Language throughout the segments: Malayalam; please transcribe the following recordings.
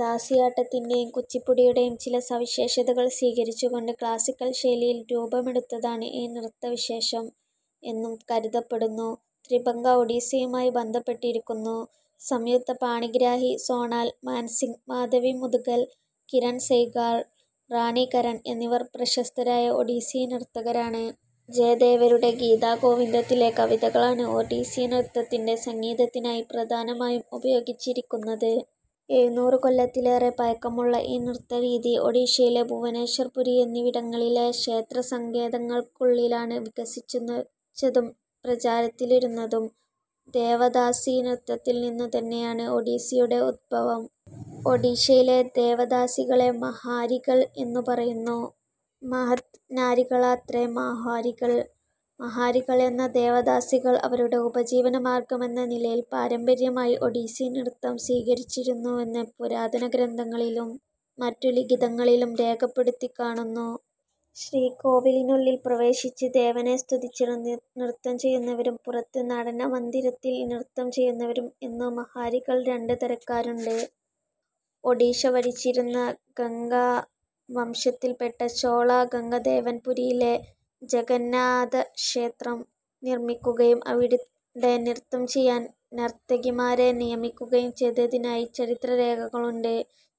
ദാസിയാട്ടത്തിന്റെയും കുച്ചിപ്പുടിയുടെയും ചില സവിശേഷതകൾ സ്വികരിച്ചുകൊണ്ട് ക്ലാസിക്കൽ ശൈലിയിൽ രൂപമെടുത്തതാണ് ഈ നൃത്തവിശേഷം എന്നും കരുതപ്പെടുന്നു. 'ത്രിഭംഗ' ഒഡീസ്സിയുമായി ബന്ധപ്പെട്ടിരിക്കുന്നു. സംയുക്ത പാണിഗ്രാഹി, സോണാൽ മാൻസിങ്ങ്, മാധവി മുദ്ഗൽ, കിരൺ സൈഗാൾ, റാണി കരൺ എന്നിവർ പ്രശസ്തരായ ഒഡീസ്സി നർത്തകരാണ്. ജയദേവരുടെ 'ഗീതാഗോവിന്ദത്തിലെ' കവിതകളാണ് ഒഡീസ്സി നൃത്തത്തിന്റെ സംഗീതത്തിനായി പ്രധാനമായും ഉപയോഗിച്ചിരിക്കുന്നത്. എഴുന്നൂറു കൊല്ലത്തിലേറെ പഴക്കമുള്ള ഈ നൃത്തരീതി ഒഡീഷയിലെ ഭുവനേശ്വർ പുരി എന്നിവിടങ്ങളിലെ ക്ഷേത്രസങ്കേതങ്ങൾക്കുള്ളിലാണ് വികസിച്ചതും പ്രചാരത്തിലിരുന്നതും. ദേവദാസി നൃത്തത്തിൽനിന്നു തന്നെയാണ് ഒഡീസ്സിയുടെയും ഉത്ഭവം. ഒഡീഷയിലെ ദേവദാസികളെ 'മഹാരികൾ 'എന്നു പറയുന്നു. മഹത്-നാരികളത്രേ മഹാരികൾ. മഹാരികൾ എന്ന ദേവദാസികൾ അവരുടെ ഉപജീവന മാർഗ്ഗമെന്ന നിലയിൽ പാരമ്പര്യമായി ഒഡീസി നൃത്തം സ്വീകരിച്ചിരുന്നുവെന്ന് പുരാതനഗ്രന്ഥങ്ങളിലും മറ്റു ലിഖിതങ്ങളിലും രേഖപ്പെടുത്തിക്കാണുന്നു. ശ്രീകോവിലുള്ളിൽ പ്രവേശിച്ച്, ദേവനെ സ്തുതിച്ച് നൃത്തം ചെയ്യുന്നവരും, പുറത്ത് നടനമന്ദിരത്തിൽ നൃത്തം ചെയ്യുന്നവരും എന്നു മഹാരികൾ രണ്ട് തരക്കാരുണ്ട്. ഒഡീഷ ഭരിച്ചിരുന്ന ഗംഗവംശത്തിൽപ്പെട്ട ചോളഗംഗദേവൻ പുരിയിലെ ജഗന്നാഥക്ഷേത്രം നിർമ്മിക്കുകയും, അവിടെ നൃത്തം ചെയ്യാൻ നർത്തകിമാരെ നിയമിക്കുകയും ചെയ്തതായി ചരിത്രരേഖകളുണ്ട്.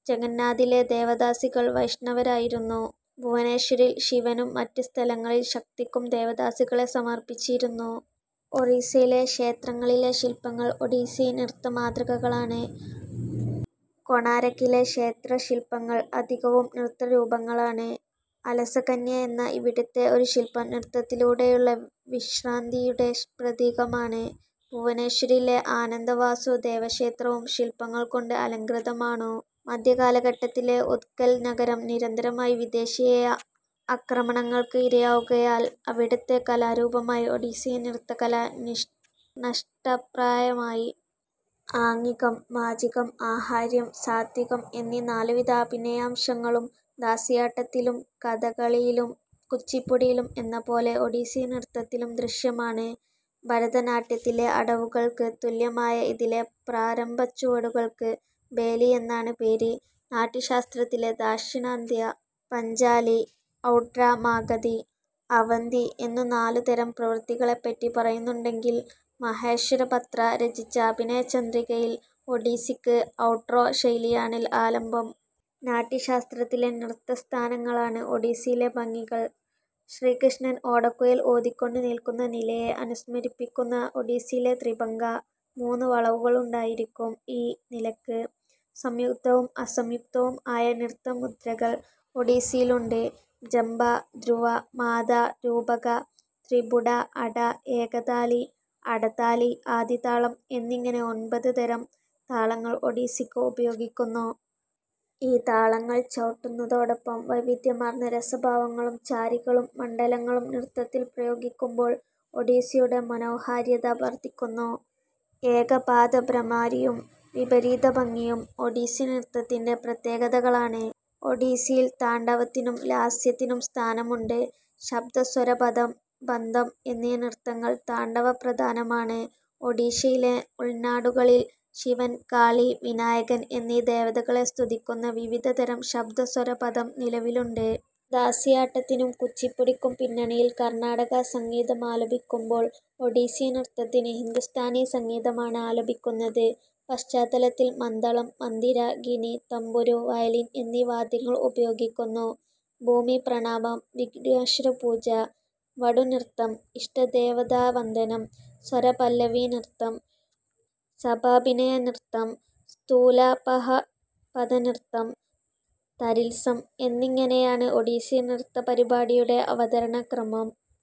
ജഗന്നാഥിലെ ദേവദാസികൾ വൈഷ്ണവരായിരുന്നു. ഭുവനേശ്വരിൽ ശിവനും, മറ്റ് സ്ഥലങ്ങളിൽ ശക്തിക്കും ദേവദാസികളെ സമർപ്പിച്ചിരുന്നു. ഒറീസ്സയിലെ ക്ഷേത്രങ്ങളിലെ ശില്പങ്ങൾ ഒഡീസ്സി നൃത്തമാതൃകകളാണ്. കൊണാരക്കിലെ ക്ഷേത്രശില്പങ്ങൾ അധികവും നൃത്തരൂപങ്ങളാണ്. "അലസകന്യ" എന്ന ഇവിടത്തെ ഒരു ശില്പം നൃത്തത്തിലൂടെയുള്ള വിശ്രാന്തിയുടെ പ്രതീകമാണ്. ഭുവനേശ്വരിലെ ആനന്ദവാസുദേവക്ഷേത്രവും ശില്പങ്ങൾ കൊണ്ട് അലംകൃതമാണു. മധ്യകാലഖട്ടത്തിൽ ഉത്കൽ നഗരം നിരന്തരമായ വിദേശിയ ആക്രമണങ്ങൾക്ക് ഇരയാവുകയാൽ അവിടത്തെ കലാരൂപമായ ഒഡീസി നൃത്തകല നഷ്ടപ്രായമായി. ആഗികം, വാചികം, ആഹാര്യം, സാത്വികം എന്നീ നാലുവിധ അഭിനയാംശങ്ങളും ദാസിയാട്ടത്തിലും കഥകളിയിലും കുച്ചിപ്പുടിയിലും എന്നപോലെ ഒഡീസി നൃത്തത്തിലും ദൃശ്യമാണ്. ഭരതനാട്യത്തിലെ അടവുകൾക്ക് തുല്യമായ ഇതിലെ പ്രാരംഭച്ചുവടുകൾക്ക് ബേലി എന്നാണ് പേര്. നാട്യശാസ്ത്രത്തിൽ ദാക്ഷിണാത്യ, പാഞ്ചാലി, ഔഡ്രമാഗധി, അവന്തി എന്നു നാലു തരം പ്രവൃത്തികളെപ്പറ്റി പറയുന്നുണ്ടെങ്കിൽ മഹേശ്വരപത്ര രചിച്ച അഭിനയചന്ദ്രികയിൽ ഒഡീസ്സിക്ക് ഔഡ്രാ ശൈലിയാണ് ആലംബം. നാട്യശാസ്ത്രത്തിലെ "നൃത്തസ്ഥാന"ങ്ങളാണ് ഒഡിസ്സിയിലെ 'ഭംഗി'കൾ. ശ്രീകൃഷ്ണൻ ഓടക്കുഴൽ ഊതികൊണ്ട് നിൽക്കുന്ന നിലയെ അനുസ്മരിപ്പിക്കുന്നു ഒഡിസ്സിയിലെ 'ത്രിഭംഗ'. മൂന്ന് വളവുകളുണ്ടായിരിക്കും ഈ നിലക്ക്. സംയുക്തവും അസംയുക്തവും ആയ നൃത്തമുദ്രകൾ ഒഡിസ്സിയിലുണ്ട്. ജംബ, ധ്രുവാ, മാതാ, രൂപക, ത്രിപുട, അട, ഏകതാലി, അടതാലി, ആദിതാളം എന്നിങ്ങനെ ഒമ്പത് തരം താളങ്ങൾ ഒഡിസ്സിക്ക് ഉപയോഗിക്കുന്നു. ഈ താളങ്ങൾ ചവുട്ടുന്നതോടൊപ്പം വൈവിദ്ധ്യമാർന്ന രസഭാവങ്ങളും, ചാരികളും, മണ്ഡലങ്ങളും നൃത്തത്തിൽ പ്രയോഗിക്കുമ്പോൾ ഒഡിസ്സിയുടെ മനോഹാര്യത വർദ്ധിക്കുന്നു. ഏകപാദഭ്രമരിയും, വിപരീതഭംഗിയും ഒഡിസ്സിനൃത്തത്തിന്റെ പ്രത്യേകതകളാണ്. ഒഡിസ്സിയിൽ താണ്ഡവത്തിനും ലാസ്യത്തിനും സ്ഥാനമുണ്ട്. ശബ്ദസ്വരപദം, ബന്ധം, എന്നീ നൃത്തങ്ങൾ താണ്ഡവപ്രധാനമാണ്. ഒഡീഷയിലെ ഉൾനാടുകളിൽ ശിവൻ, കാളി, വിനായകൻ എന്നീ ദേവതകളെ സ്തുതിക്കുന്ന വിവിധതരം ശബ്ദസ്വരപദം നിലവിലുണ്ട്. ദാസിയാട്ടത്തിനും കുച്ചിപ്പുടിക്കും പിന്നണിയിൽ കർണാടക സംഗീതമാലപിക്കുമ്പോൾ ഒഡീസി നൃത്തത്തിന് ഹിന്ദുസ്ഥാനി സംഗീതമാണ് ആലപിക്കുന്നത്. പശ്ചാത്തലത്തിൽ മദ്ദളം, മന്ദിര, ഗിനി, തംബുരു, വയലിൻ എന്നീ വാദ്യങ്ങൾ ഉപയോഗിക്കുന്നു. ഭൂമിപ്രണാമം, വിഘ്നേശ്വരപൂജ, വടുനൃത്തം, ഇഷ്ടദേവതാവന്ദനം, സ്വരപല്ലവിനൃത്തം, സഭാഭിനയനൃത്തം, സ്ഥൂലാപഹപദനൃത്തം, തരിത്സം എന്നിങ്ങനെയാണ് ഒഡീസി നൃത്തപരിപാടിയുടെ അവതരണക്രമം.